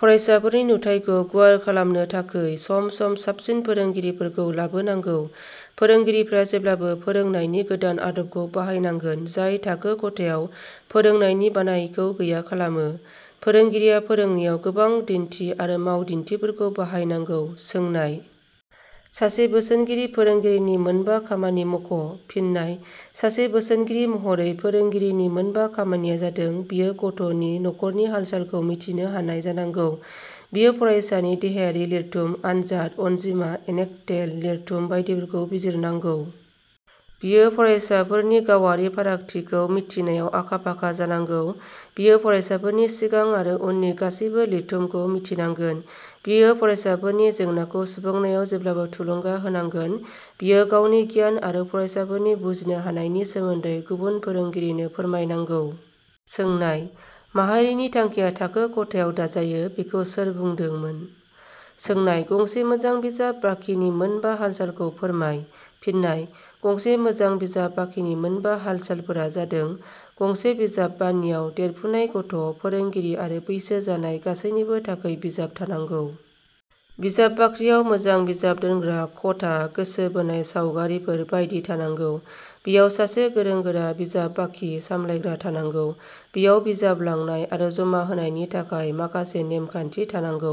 फरायसाफोरनि नुथायखौ गुवार खालामनो थाखै सम सम साबसिन फोरोंगिरिफोरखौ लाबोनांगौ। फोरोंगिरिफ्रा जेब्लाबो फोरोंनायनि गोदान आदबखौ बाहायनांगोन जाय थाखो ख'थायाव फोरोंनायनि बानायखौ गैया खालामो। फोरोंगिरिया फोरोंनायाव गोबां दिन्थि आरो मावदिन्थिफोरखौ बाहाय नांगौ। सोंनाय –. सासे बोसोनगिरि फोरोंगिरिनि मोनबा खामानि मख'। फिन्नाय: सासे बोसोनगिरि महरै फोरोंगिरिनि मोनबा खामानिया जादों बियो गथ 'नि न 'खरनि हालसालखौ मिथिनो हानाय जानांगौ। बियो फरायसानि देहायारि लिरथुम, आनजाद अनजिमा, एनेकदतेल लिरथुम बायदिफोरखौ बिजिरनांगौ। बियो फरायसाफोरनि गावारि फारागथिखौ मिथिनायाव आखा-फाखा जानांगौ। बियो फरायसाफोरनि सिंगां आरो उननि गासैबो लिरथुम खौ मिथिनांगोन। बियो फरायसाफोरनि जेंनाखौ सुफुंनायाव जेब्लाबो थुलुंगा होनांगोन। बियो गावनि गियान आरो फरायसाफोरनि बुजिनो हानायनि सोमोन्दै गुबुन फोरोंगिरिनो फोरमाय नांगौ। सोंनाय –." माहारिनि थांखिया थाखो ख 'थायाव दाजायो" बेखौ सोर बुंदोंमोन? सोंनाय –. गंसे मोजां बिजाब बाखिनि मोनबा हालसालखौ फोरमाय। फिन्नाय: गंसे मोजां बिजाब बाखिनि मोनबा हालसालफोरा जादों- गंसे बिजाब बानियाव देरफुनाय गथ' फोरोंगिरि आरो बैसो जानाय गासैनिबो थाखै बिजाब थानांगौ। बिजाब बाख्रियाव मोजां बिजाब दोनग्रा ख 'था, गोसो बोनाय सावगारिफोर बायदि थानांगौ। बेयाव सासे गोरों-गोरा बिजाब बाखि सामलायग्रा थानांगौ। बेयाव बिजाब लांनाय आरो जमा होनायनि थाखाय माखासे नेमखान्थि थानांगौ।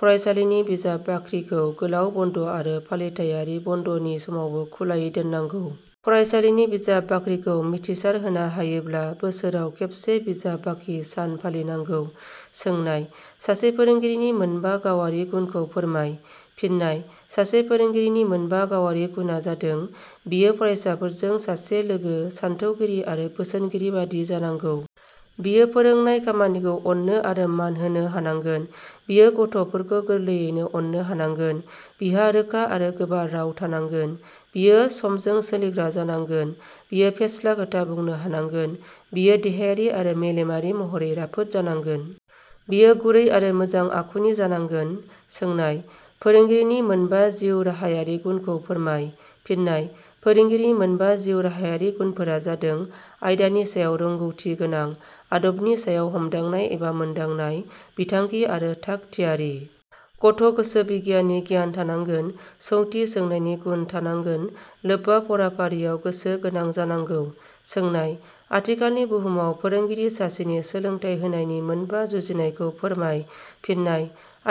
फरायसालिनि बिजाब बाख्रिखौ गोलाव बन्द' आरो फालिथाइयारि बन्द 'नि समावबो खुलायै दोननांगौ। फरायसालिनि बिजाब बाख्रिखौ मिथिसार होना हायोब्ला – बोसोराव खेबसे बिजाब बाखि सान फालि नांगौ। सोंनाय-. सासे फोरोंगिरिनि मोनबा गावारि गुनखौ फोरमाय। फिन्नाय: सासे फोरोंगिरिनि मोनबा गावारि गुना जादों- बियो फरायसाफोरजों सासे लोगो, सानथौगिरि आरो बोसोनगिरि बादि जानांगौ। बियो फोरोंनाय खामानिखौ अननो आरो मान होनो हानांगोन। बियो गथ 'फोरखौ गोरलैयैनो अननो हानांगोन। बिहा रोखा आरो गोबार राव थानांगोन। बियो समजों सीलिग्रा जानांगोन। बियो फेस्ला खोथा बुंनो हानांगोन। बियो देहायारि आरो मेलेमारि महरै राफोद जानांगोन। बियो गुरै आरो मोजां आखुनि जानांगोन। सोंनाय –. फोरोंगिरिनि मोनबा जिउ राहायारि गुनखौ फोरमाय। फिन्नाय: फोरोंगिरिनि मोनबा जिउ राहायारि गुनफोरा जादों- आयदानि सायाव रोंगौथि गोनां। आदबनि सायाव हमदांनाय एबा मोनदांनाय। बिथांखि आरो थाख थियारि। गथ' गोसोबिगियाननि गियान थानांगोन। सौंथि सोंनायनि गुन थानांगोन। लोब्बा फराफारियाव गोसो गोनां जानांगौ। सोनाय-. आथिखालनि बुहुमाव फोरोंगिरि सासेनि सोलोंथाइ होनायनि मोनबा जुजिनायखौ फोरमाय। फिन्नाय: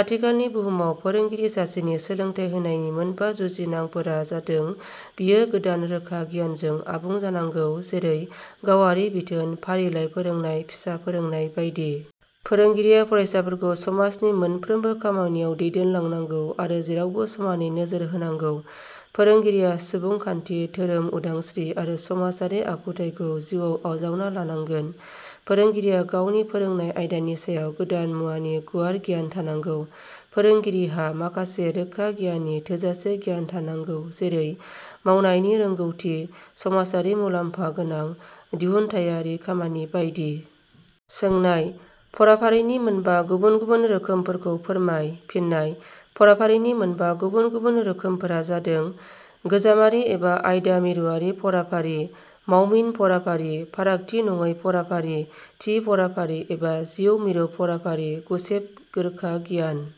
आथिखालनि बुहुमाव फोरोंगिरि सासेनि सोलोंथाइ होनायनि मोनबा जुजिनांनाफोरा जादों – बियो गोदान रोखा गियानजों आबुं जानांगौ जेरै- गावारि बिथोन, फारिलाइ फोरोंनाय, फिसा फोरोंनाय बायदि। फोरोंगिरिया फरायसाफोरखौ समाजनि मोनफ्रोमबो खामानियाव दैदेनलांनांगौ आरो जेरावबो समानै नोजोर होनांगौ। फोरोंगिरिया सुबुंखान्थि, धोरोम उदांस्त्रि आरो समाजारि आखुथाइखौ जिउआव आजावना लानांगोन। फोरोंगिरिया गावनि फोरोंनाय आयदानि सायाव गोदान मुगानि गुवार गियान थानांगौ। फोरोंगिरिहा माखासे रोखा गियाननि थोजासे गियान थानांगौ जेरै- मावनायनि रोंगौथि, समाजआरि मुलाम्फा गोनां दिहुनाथाइयारि खामानि बायदि। सोंनाय –. फाराफारिनि मोनबा गुबुन गुबुन रोखोमफोरखौ फोरमाय। फिन्नाय: फराफारिनि मोनबा गुबुन गुबुन रोखोमफोरा जादों- गोजामारि एबा आयदा मिरुवारि फराफारि। मावमिन फराफारि। फारागथि नङै फराफारि। थि फराफारि एबा जिउ मिरु फराफारि। गुसेब रोखागियान।